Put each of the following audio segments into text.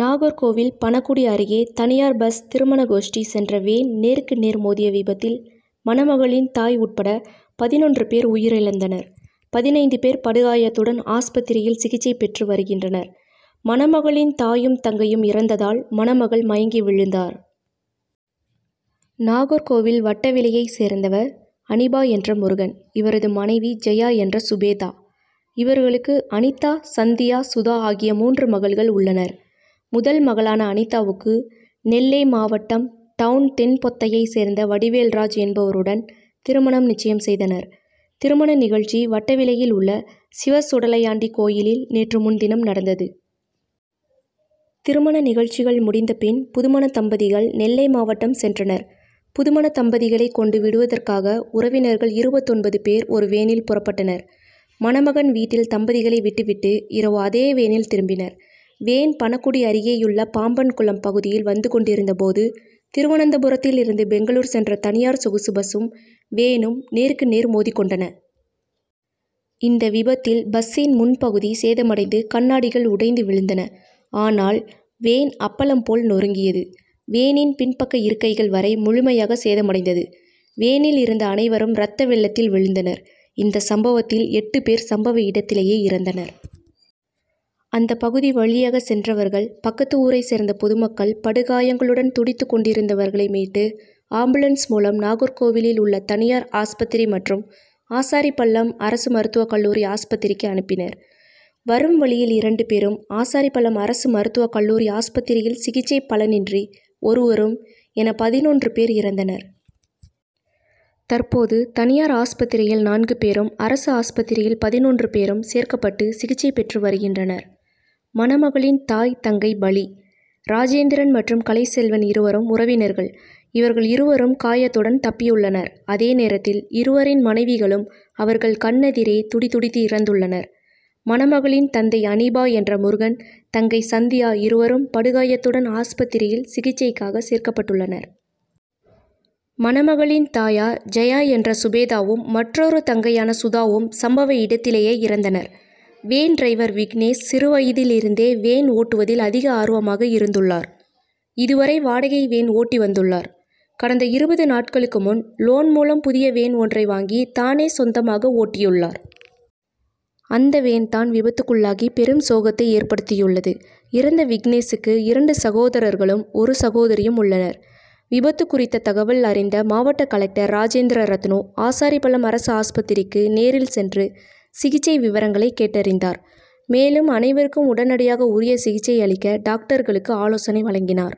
நாகர்கோவில் பணக்குடி அருகே தனியார் பஸ் திருமண கோஷ்டி சென்ற வேன் நேருக்கு நேர் மோதிய விபத்தில் மணமகளின் தாய் உட்பட பதினொன்று பேர் உயிரிழந்தனர். பதினைந்து பேர் படுகாயத்துடன் ஆஸ்பத்திரியில் சிகிச்சை பெற்று வருகின்றனர். மணமகளின் தாயும், தங்கையும் இறந்ததால் மணமகள் மயங்கி விழுந்தார். நாகர்கோவில் வட்டவிளையை சேர்ந்தவர் அனிபா என்ற முருகன். இவரது மனைவி ஜெயா என்ற சுபேதா. இவர்களுக்கு அனிதா, சந்தியா, சுதா ஆகிய மூன்று மகள்கள் உள்ளனர். முதல் மகளான அனிதாவுக்கு நெல்லை மாவட்டம் டவுண் தென்பொத்தையை சேர்ந்த வடிவேல்ராஜ் என்பவருடன் திருமணம் நிச்சயம் செய்தனர். திருமண நிகழ்ச்சி வட்டவிளையில் உள்ள சிவசுடலையாண்டி கோயிலில் நேற்று முன்தினம் நடந்தது. திருமண நிகழ்ச்சிகள் முடிந்த பின் புதுமணத்தம்பதிகள் நெல்லை மாவட்டம் சென்றனர். புதுமணத்தம்பதிகளை கொண்டு விடுவதற்காக உறவினர்கள் இருபத்தொன்பது பேர் ஒரு வேனில் புறப்பட்டனர். மணமகன் வீட்டில் தம்பதிகளை விட்டுவிட்டு இரவு அதே வேனில் திரும்பினர். வேன் பணக்குடி அருகேயுள்ள பாம்பன்குளம் பகுதியில் வந்துக்கொண்டிருந்த போது திருவனந்தபுரத்தில் இருந்து பெங்களூர் சென்ற தனியார் சொகுசு பஸ்சும் வேனும் நேருக்கு நேர் மோதிக்கொண்டன. இந்த விபத்தில் பஸ்சின் முன் பகுதி சேதமடைந்து கண்ணாடிகள் உடைந்து விழுந்தன. ஆனால் வேன் அப்பளம் போல் நொருங்கியது. வேனின் பின் பக்க இருக்கைகள் வரை முழுமையாக சேதமடைந்தது. வேனில் இருந்த அனைவரும் ரத்தவெள்ளத்தில் விழுந்தனர். இந்த சம்பவத்தில் எட்டு பேர் சம்பவ இடத்திலேயே இறந்தனர். அந்த பகுதி வழியாக சென்றவர்கள், பக்கத்து ஊரை சேர்ந்த பொதுமக்கள் படுகாயங்களுடன் துடித்துக்கொண்டிருந்தவர்களை மீட்டு ஆம்புலன்ஸ் மூலம் நாகர்கோவிலில் உள்ள தனியார் ஆஸ்பத்திரி மற்றும் ஆசாரிபள்ளம் அரசு மருத்துவ கல்லூரி ஆஸ்பத்திரிக்கு அனுப்பினர். வரும் வழியில் இரண்டு பேரும், ஆசாரிபள்ளம் அரசு மருத்துவ கல்லூரி ஆஸ்பத்திரியில் சிகிச்சை பலனின்றி ஒருவரும் என பதினொன்று பேர் இறந்தனர். தற்போது தனியார் ஆஸ்பத்திரியில் நான்கு பேரும், அரசு ஆஸ்பத்திரியில் பதினொன்று பேரும் சேர்க்கப்பட்டு சிகிச்சை பெற்று வருகின்றனர். மணமகளின் தாய், தங்கை பலி ராஜேந்திரன் மற்றும் கலைச்செல்வன் இருவரும் உறவினர்கள். இவர்கள் இருவரும் காயத்துடன் தப்பியுள்ளனர். அதேநேரத்தில் இருவரின் மனைவிகளும் அவர்கள் கண்ணெதிரே துடிதுடித்து இறந்துள்ளனர். மணமகளின் தந்தை அனீபா என்ற முருகன், தங்கை சந்தியா இருவரும் படுகாயத்துடன் ஆஸ்பத்திரியில் சிகிச்சைக்காக சேர்க்கப்பட்டுள்ளனர். மணகளின் தாயார் ஜெயா என்ற சுபோதவும், மற்றொரு தங்கையான சுதாவும் சம்பவ இடத்திலேயே இறந்தனர். வேன்டிரைவர் விக்னேஷ் சிறுவயதில் இருந்தே வேன் ஓட்டுவதில் அதிக ஆர்வமாக இருந்துள்ளார். இதுவரை வாடகை வேன் ஓட்டி வந்துள்ளார். கடந்த இருபது நாட்களுக்கு முன்லோன் மூலம் புதிய வேன் ஒன்றை வாங்கி தானே சொந்தமாக ஓட்டியுள்ளார். அந்த வேன்தான் விபத்துக்குள்ளாகி பெரும் சோகத்தை ஏற்படுத்தியுள்ளது. இறந்த விக்னேசுக்கு இரண்டு சகோதரர்களும், ஒரு சகோதரியும் உள்ளனர். விபத்து குறித்த தகவல் அறிந்த மாவட்ட கலெக்டர் ராஜேந்திர ரத்னு ஆசாரிபள்ளம் அரசு ஆஸ்பத்திரிக்கு நேரில் சென்று சிகிச்சை விவரங்களை கேட்டறிந்தார். மேலும் அனைவருக்கும் உடனடியாக உரிய சிகிச்சை அளிக்க டாக்டர்களுக்கு ஆலோசனை வழங்கினார்.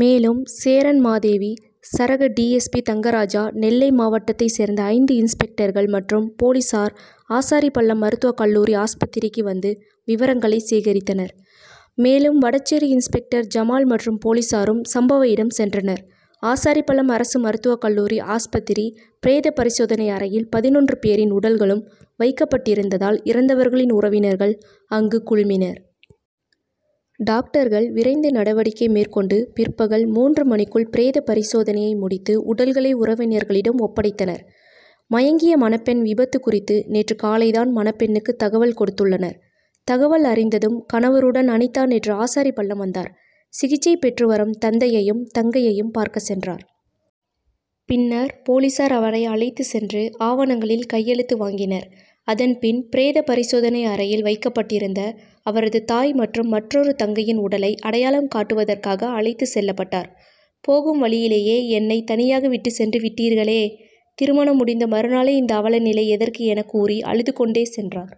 மேலும் சேரன்மாதேவி சரக D. S. P. Thangaraja, Nellai மாவட்டத்தை சேர்ந்த ஐந்து இன்ஸ்பெக்டர்கள் மற்றும் போலீசார் ஆசாரிபள்ளம் மருத்துவ கல்லூரி ஆஸ்பத்திரிக்கு வந்து விவரங்களை சேகரித்தனர். மேலும் வடசேரி இன்ஸ்பெக்டர் ஜமால் மற்றும் போலீசாரும் சம்பவ இடம் சென்றனர். ஆசாரிபள்ளம் அரசு மருத்துவ கல்லூரி ஆஸ்பத்திரி பிரேத பரிசோதனை அறையில் பதினொன்று பேரின் உடல்களும் வைக்கப்பட்டிருந்ததால் இறந்தவர்களின் உறவினர்கள் அங்கு குழுமினர். டாக்டர்கள் விரைந்து நடவடிக்கை மேற்கொண்டு பிற்பகல் மூன்று மணிக்குள் பிரேத பரிசோதனையை முடித்து உடல்களை உறவினர்களிடம் ஒப்படைத்தனர். மயங்கிய மணப்பெண் விபத்து குறித்து நேற்று காலை தான் மணப்பெண்ணுக்கு தகவல் கொடுத்துள்ளனர். தகவல் அறிந்ததும் கணவருடன் அனிதா நேற்று ஆசாரிபள்ளம் வந்தார். சிகிச்சை பெற்றுவரும் தந்தையையும் தங்கையையும் பார்க்க சென்றார். பின்னர் போலீசார் அவரை அழைத்து சென்று ஆவணங்களில் கையெழுத்து வாங்கினர். அதன்பின் பிரேத பரிசோதனை அறையில் வைக்கப்பட்டிருந்த அவரது தாய் மற்றும் மற்றொரு தங்கையின் உடலை அடையாளம் காட்டுவதற்காக அழைத்து செல்லப்பட்டார். போகும் வழியிலேயே என்னை தனியாக விட்டு சென்றுவிட்டீர்களே, திருமணம் முடிந்த மறுநாளே இந்த அவலநிலை எதற்கு என கூறி அழுதுக்கொண்டே சென்றார்.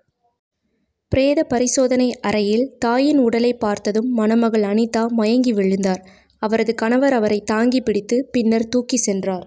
பிரேத பரிசோதனை அறையில் தாயின் உடலை பார்த்ததும் மணமகள் அனிதா மயங்கி விழுந்தார். அவரது கணவர் அவரை தாங்கி பிடித்து பின்னர் தூக்கி சென்றார்.